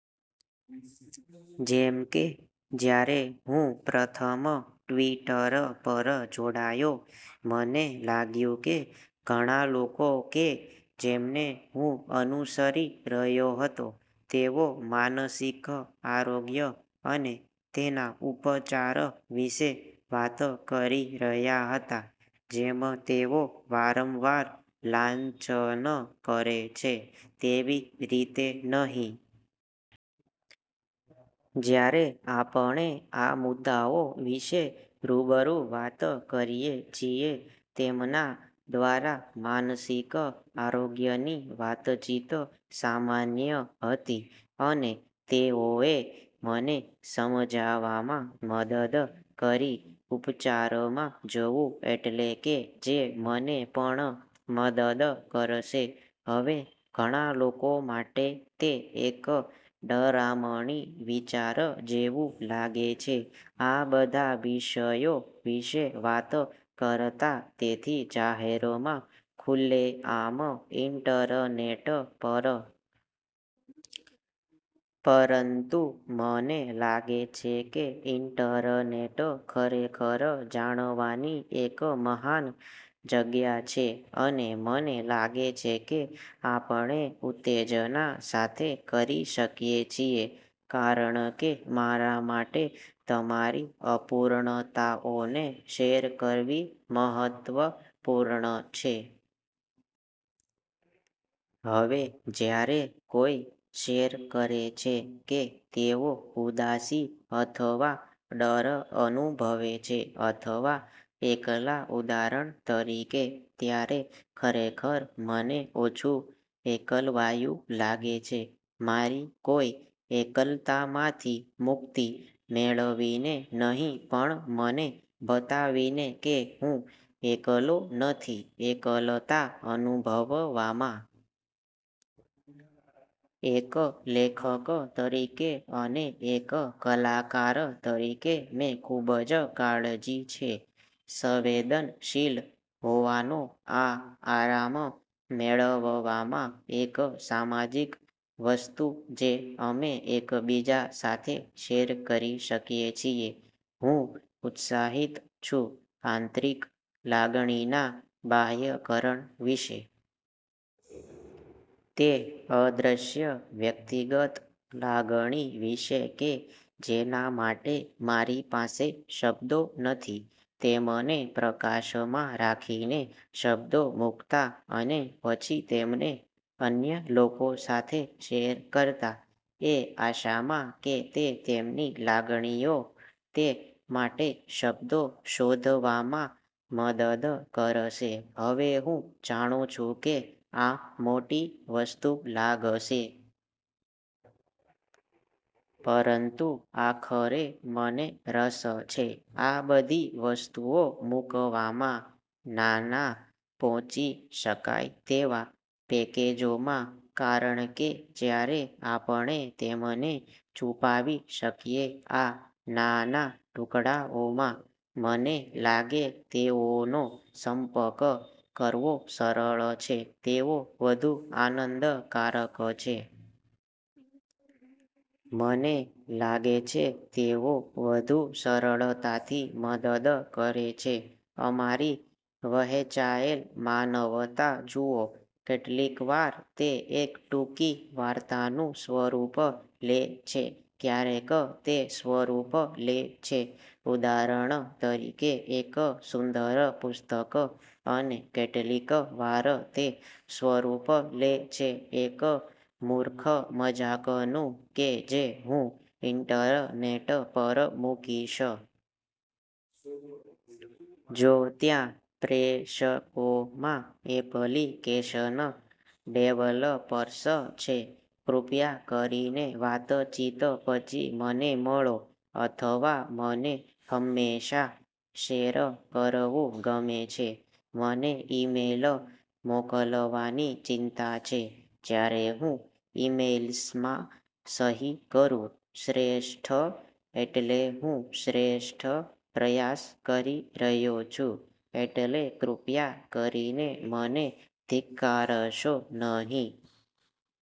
જેમ કે જ્યારે હું પ્રથમ ટિ્વટર પર જોડાયો, મને લાગ્યું કે ઘણા લોકો કે જેમને હું અનુસરી રહ્યો હતો, તેઓ માનસિક આરોગ્ય અને તેના ઉપચાર વિશે વાત કરી રહ્યા હતા જેમ તેઓ વારંવાર લાંછન કરે છે તેવી રીતે નહીં. જ્યારે આપણે આ મુદ્દાઓ વિશે રૂબરૂ વાત કરીએ છીએ તેમના દ્વારા, માનસિક આરોગ્યની વાતચીત સામાન્ય હતી અને તેઓએ મને સમજવામાં મદદ કરી ઉપચારમાં જવું એટલે કે જે મને પણ મદદ કરશે. હવે, ઘણા લોકો માટે તે એક ડરામણી વિચાર જેવું લાગે છે આ બધા વિષયો વિશે વાત કરતાં તેથી જાહેરમાં ખુલ્લેઆમ ઇન્ટરનેટ પર. પરંતુ મને લાગે છે કે ઇન્ટરનેટ ખરેખર જાણવાની એક મહાન જગ્યા છે અને મને લાગે છે કે આપણે ઉત્તેજના સાથે કરી શકીએ છીએ કારણ કે મારા માટે તમારી અપૂર્ણતાઓને શેર કરવી મહત્વપૂર્ણ છે. હવે જ્યારે કોઈ શેર કરે છે કે તેઓ ઉદાસી અથવા ડર અનુભવે છે અથવા એકલા ઉદાહરણ તરીકે, ત્યારે ખરેખર મને ઓછું એકલવાયું લાગે છે. મારી કોઈ એકલતામાંથી મુક્તિ મેળવીને નહીં, પણ મને બતાવીને કે હું એકલો નથી એકલતા અનુભવવામાં. એક લેખક તરીકે અને એક કલાકાર તરીકે મેં ખૂબ જ કાળજી છે સંવેદનશીલ હોવાનો. આ આરામ મેળવવામાં એક સામાજિક વસ્તુ જે અમે એકબીજા સાથે શેર કરી શકીએ છીએ. હું ઉત્સાહિત છું આંતરિક લાગણીનાં બાહ્યકરણ વિશે. તે અદૃશ્ય વ્યક્તિગત લાગણી વિશે કે જેના માટે મારી પાસે શબ્દો નથી તેમને પ્રકાશમાં રાખીને, શબ્દો મૂકતાં, અને પછી તેમને અન્ય લોકો સાથે શેર કરતાં એ આશામાં કે તે તેમની લાગણીઓ, તે। માટે શબ્દો શોધવામાં મદદ કરશે હવે, હું જાણું છું કે આ મોટી વસ્તુ લાગશે. પરંતુ આખરે મને રસ છે આ બધી વસ્તુઓ મૂકવામાં નાના, પહોંચી શકાય તેવા પેકેજોમાં, કારણ કે જ્યારે આપણે તેમને છુપાવી શકીએ આ નાના ટુકડાઓમાં, મને લાગે તેઓનો સંપર્ક કરવો સરળ છે. તેઓ વધુ આનંદકારક છે. મને લાગે છે તેઓ વધુ સરળતાથી મદદ કરે છે. અમારી વહેંચાયેલ માનવતા જુઓ. કેટલીકવાર તે એક ટૂંકી વાર્તાનું સ્વરૂપ લે છે. ક્યારેક તે સ્વરૂપ લે છે ઉદાહરણ તરીકે એક સુંદર પુસ્તક. અને કેટલીકવાર તે સ્વરૂપ લે છે એક મૂર્ખ મજાકનું કે જે હું ઇન્ટરનેટ પર મૂકીશ. જો ત્યાં પ્રેશકોમાં એપ્લિકેશન ડેવલપર્સ છે, કૃપયા કરીને વાતચીત પછી મને મળો અથવા મને હંમેશા શેર કરવું ગમે છે. મને ઇમેઇલ મોકલવાની ચિંતા છે. જ્યારે હું ઇમેઇલ્સમાં સહી કરું, "શ્રેષ્ઠ" એટલે હું શ્રેષ્ઠ પ્રયાસ કરી રહ્યો છું. એટલે કૃપયા કરીને મને ધિક્કારશો નહિ.